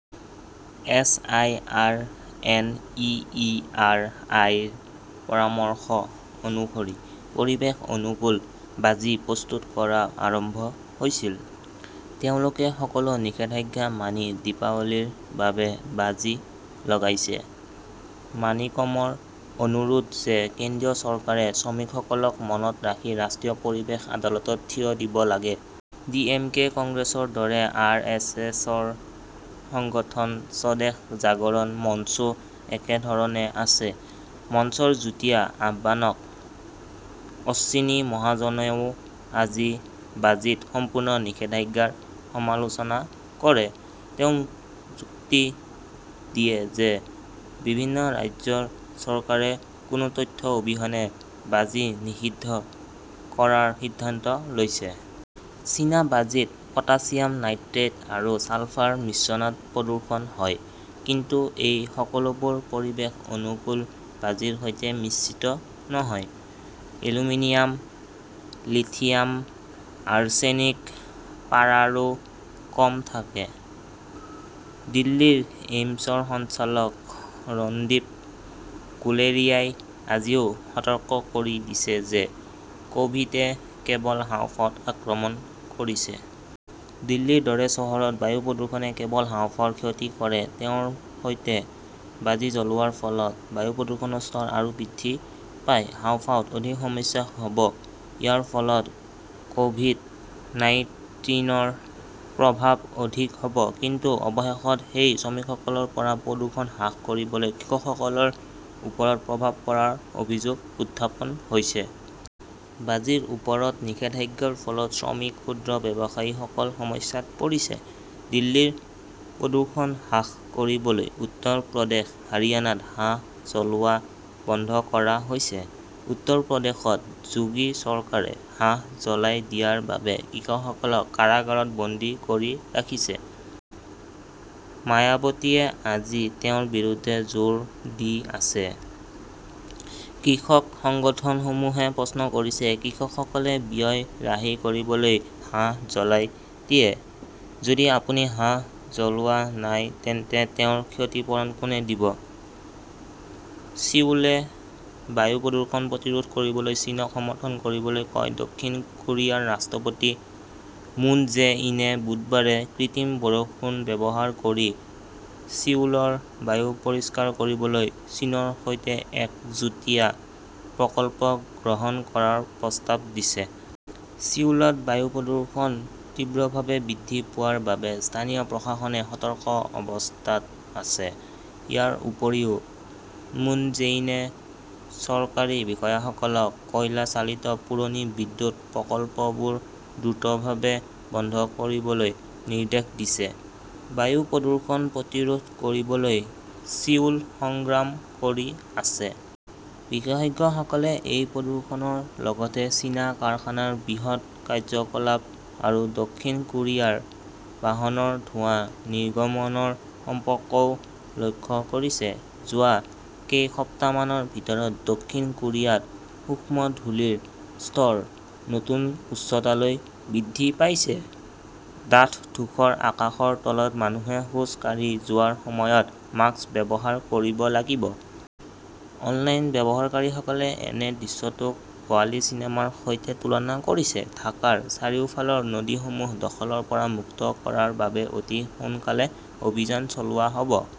S. I. R. N. E. E. R. I. -ৰ পৰামৰ্শ অনুসৰি পৰিৱেশ-অনুকূল বাজি প্ৰস্তুত কৰা আৰম্ভ হৈছিল। তেওঁলোকে সকলো নিষেধাজ্ঞা মানি দীপাৱলীৰ বাবে বাজি লগাইছে। মাণিকমৰ অনুৰোধ যে কেন্দ্ৰীয় চৰকাৰে শ্ৰমিকসকলক মনত ৰাখি ৰাষ্ট্ৰীয় পৰিৱেশ আদালতত থিয় দিব লাগে। ডি.এম.কে কংগ্ৰেছৰ দৰে আৰ. এছ. এছ.ৰ সংগঠন স্বদেশ জাগৰণ মঞ্চো একেধৰণে আছে। মঞ্চৰ যুটীয়া আহ্বায়ক অশ্বিনী মহাজনেও আজি বাজীত সম্পূৰ্ণ নিষেধাজ্ঞাৰ সমালোচনা কৰে। তেওঁ যুক্তি দিয়ে যে বিভিন্ন ৰাজ্যৰ চৰকাৰে কোনো তথ্য অবিহনে বাজি নিষিদ্ধ কৰাৰ সিদ্ধান্ত লৈছে। চীনা বাজীত পটাছিয়াম নাইট্ৰেট আৰু ছালফাৰ মিশ্ৰণত প্ৰদূষণ হয়। কিন্তু এই সকলোবোৰ পৰিৱেশ-অনুকূল বাজিৰ সৈতে মিশ্ৰিত নহয়। এলুমিনিয়াম, লিথিয়াম, আৰ্ছেনিক, পাৰাৰো কম থাকে। দিল্লীৰ এইমছৰ সঞ্চালক ৰণদীপ গুলেৰিয়াই আজিও সতৰ্ক কৰি দিছে যে কভিড-এ কেৱল হাঁওফাঁওত আক্ৰমণ কৰিছে। দিল্লীৰ দৰে চহৰত বায়ু প্ৰদূষণে কেৱল হাঁওফাঁওৰ ক্ষতি কৰে ,তেওঁৰ সৈতে বাজি জ্বলোৱাৰ ফলত বায়ু প্ৰদূষণৰ স্তৰ আৰু বৃদ্ধি পাব। হাঁওফাঁওত অধিক সমস্যা হ'ব। ইয়াৰ ফলত কভিড-নাইন্তিনৰ প্ৰভাৱ অধিক হ'ব। কিন্তু অৱশেষত সেই শ্ৰমিকসকলৰ পৰা প্ৰদূষণ হ্ৰাস কৰিবলৈ কৃষকসকলৰ ওপৰত প্ৰভাৱ পৰাৰ অভিযোগ উত্থাপন হৈছে। বাজিৰ ওপৰত নিষেধাজ্ঞাৰ ফলত শ্ৰমিক, ক্ষুদ্ৰ ব্যৱসায়ীসকল সমস্যাত পৰিছে। দিল্লীৰ প্ৰদূষণ হ্ৰাস কৰিবলৈ উত্তৰ প্ৰদেশ, হাৰিয়ানাত ঘাঁহ জ্বলোৱা বন্ধ কৰা হৈছে। উত্তৰ প্ৰদেশত যোগী চৰকাৰে ঘাঁহ জ্বলাই দিয়াৰ বাবে কৃষকসকলক কাৰাগাৰত বন্দী কৰি ৰাখিছে। মায়াবতীয়ে আজি তেওঁৰ বিৰুদ্ধে জোৰ দি আছে। কৃষক সংগঠনসমূহে প্ৰশ্ন কৰিছে কৃষকসকলে ব্যয় ৰাহি কৰিবলৈ ঘাঁহ জ্বলাই দিয়ে। যদি আপুনি ঘাঁহ জ্বলোৱা নাই তেন্তে তেওঁৰ ক্ষতিপূৰণ কোনে দিব? ছিউলে বায়ু প্ৰদূষণ প্ৰতিৰোধ কৰিবলৈ চীনক সমৰ্থন কৰিবলৈ কয় দক্ষিণ কোৰিয়াৰ ৰাষ্ট্ৰপতি মুন জে-ইনে বুধবাৰে কৃত্ৰিম বৰষুণ ব্যৱহাৰ কৰি ছিউলৰ বায়ু পৰিষ্কাৰ কৰিবলৈ চীনৰ সৈতে এক যুটীয়া প্ৰকল্প গ্ৰহণ কৰাৰ প্ৰস্তাৱ দিছে। ছিউলত বায়ু প্ৰদূষণ তীব্ৰভাৱে বৃদ্ধি পোৱাৰ বাবে স্থানীয় প্ৰশাসনে সতৰ্ক অৱস্থাত আছে। ইয়াৰ উপৰিও, মুন জেইনে চৰকাৰী বিষয়াসকলক কয়লা চালিত পুৰণি বিদ্যুৎ প্ৰকল্পবোৰ দ্ৰুতভাৱে বন্ধ কৰিবলৈ নিৰ্দেশ দিছে। বায়ু প্ৰদূষণ প্ৰতিৰোধ কৰিবলৈ ছিউল সংগ্ৰাম কৰি আছে। বিশেষজ্ঞসকলে এই প্ৰদূষণৰ লগতে চীনা কাৰখানাৰ বৃহৎ কাৰ্যকলাপ আৰু দক্ষিণ কোৰিয়াৰ বাহনৰ ধোৱা নিৰ্গমনৰ সম্পৰ্কও লক্ষ্য কৰিছে। যোৱা কেইসপ্তাহমানৰ ভিতৰত দক্ষিণ কোৰিয়াত সূক্ষ্ম ধূলিৰ স্তৰ নতুন উচ্চতালৈ বৃদ্ধি পাইছে। ডাঠ-ধূসৰ আকাশৰ তলত মানুহে খোজ কাঢ়ি যোৱাৰ সময়ত মাস্ক ব্যৱহাৰ কৰিব লাগিব। অনলাইন ব্যৱহাৰকাৰীসকলে এনে দৃশ্যটোক ৱালি চিনেমাৰ সৈতে তুলনা কৰিছে। ঢাকাৰ চাৰিওফালৰ নদীসমূহ দখলৰ পৰা মুক্ত কৰাৰ বাবে অতি সোনকালে অভিযান চলোৱা হ'ব।